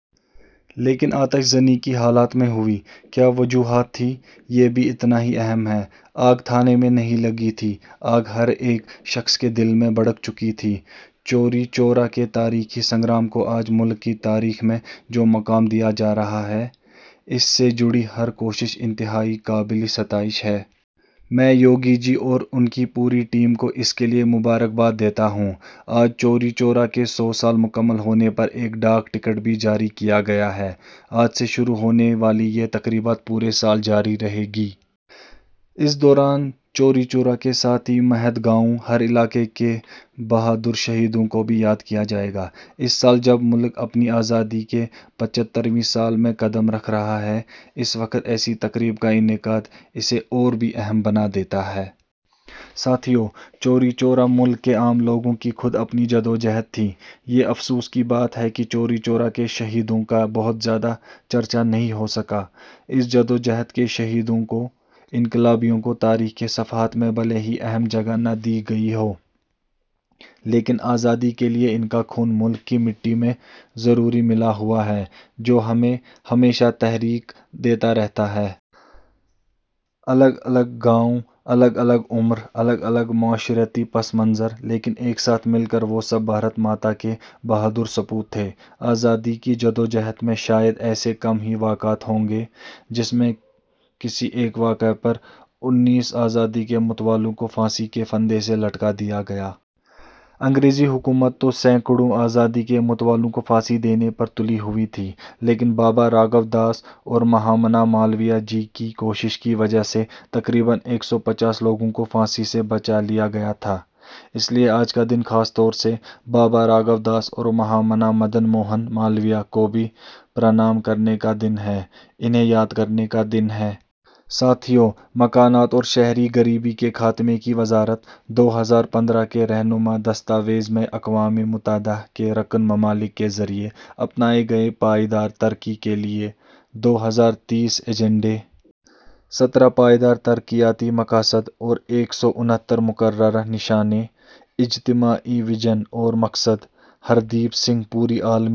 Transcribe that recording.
لیکن آتش زنی کی حالت میں ہوئی، کیا وجوہات تھیں، یہ بھی اتنا ہی اہم ہے۔ آگ تھانے میں نہیں لگی تھی، آگ ہر ایک شخص کے دل میں بھڑک چکی تھی۔ چوری چورا کے تاریخی سنگرام کو آج ملک کی تاریخ میں جو مقام دیا جا رہا ہے، اس سے جڑی ہر کوشش انتہائی قابلِ ستائش ہے۔ میں یوگی جی اور ان کی پوری ٹیم کو اس کے لیے مبارکباد دیتا ہوں۔ آج چوری چورا کے سو سال مکمل ہونے پر ایک ڈاک ٹکٹ بھی جاری کیا گیا ہے۔ آج سے شروع ہونے والی یہ تقریبات پورے سال جاری رہیں گی۔ اس دوران چوری چورا کے ساتھ ہی مہر گاؤں، ہر علاقے کے بہادر شہیدوں کو بھی یاد کیا جائے گا۔ اس سال جب ملک اپنی آزادی کے پچھتر ویں سال میں قدم رکھ رہا ہے، اس وقت ایسی تقریب کا انعقاد اسے اور بھی اہم بنا دیتا ہے۔ ساتھیو! چوری چورا ملک کے عام لوگوں کی خود اپنی جدوجہد تھی۔ یہ افسوس کی بات ہے کہ چوری چورا کے شہیدوں کا بہت زیادہ چرچا نہیں ہو سکا۔ اس جدوجہد کے شہیدوں کو، انقلابیوں کو تاریخ کے صفحات میں بھلے ہی اہم جگہ نہ دی گئی ہو، لیکن آزادی کے لیے ان کا خون ملک کی مٹی میں ضروری ملا ہوا ہے، جو ہمیں ہمیشہ تحریک دیتا رہتا ہے۔ الگ الگ گاؤں، الگ الگ عمر، الگ الگ معاشرتی پس منظر، لیکن ایک ساتھ مل کر وہ سب بھارت ماتا کے بہادر سپوت تھے۔ آزادی کی جدوجہد میں شاید ایسے کم ہی واقعات ہوں گے، جس میں کسی ایک واقعے پر انیس آزادی کے متوالوں کو پھانسی کے پھندے سے لٹکا دیا گیا۔ انگریزی حکومت تو سیکڑوں آزادی کے متوالوں کو پھانسی دینے پر تلی ہوئی تھی۔ لیکن بابا راگھوداس اور مہامنا مالویہ جی کی کوششوں کی وجہ سے تقریباً ایک سو پچاس لوگوں کو پھانسی سے بچا لیا گیا تھا، اس لیے آج کا دن خاص طور سے بابا راگھوداس اور مہامنا مدن موہن مالویہ کو بھی پرنام کرنے کا دن ہے، انہیں یاد کرنے کا دن ہے۔ ساتھیو! مکانات اور شہری غریبی کے خاتمے کی وزارت، دو ہزار پندرہ کے رہنما دستاویز میں اقوام متحدہ کے رکن ممالک کے ذریعہ اپنائے گئے پائیدار ترقی کے لیے دو ہزار تیس ایجنڈے، سترہ پائیدار ترقیاتی مقاصد اور ایک سو انہتر مقررہ نشانے، اجتماعی وژن اور مقصد: ہردیپ سنگھ پوری عالمی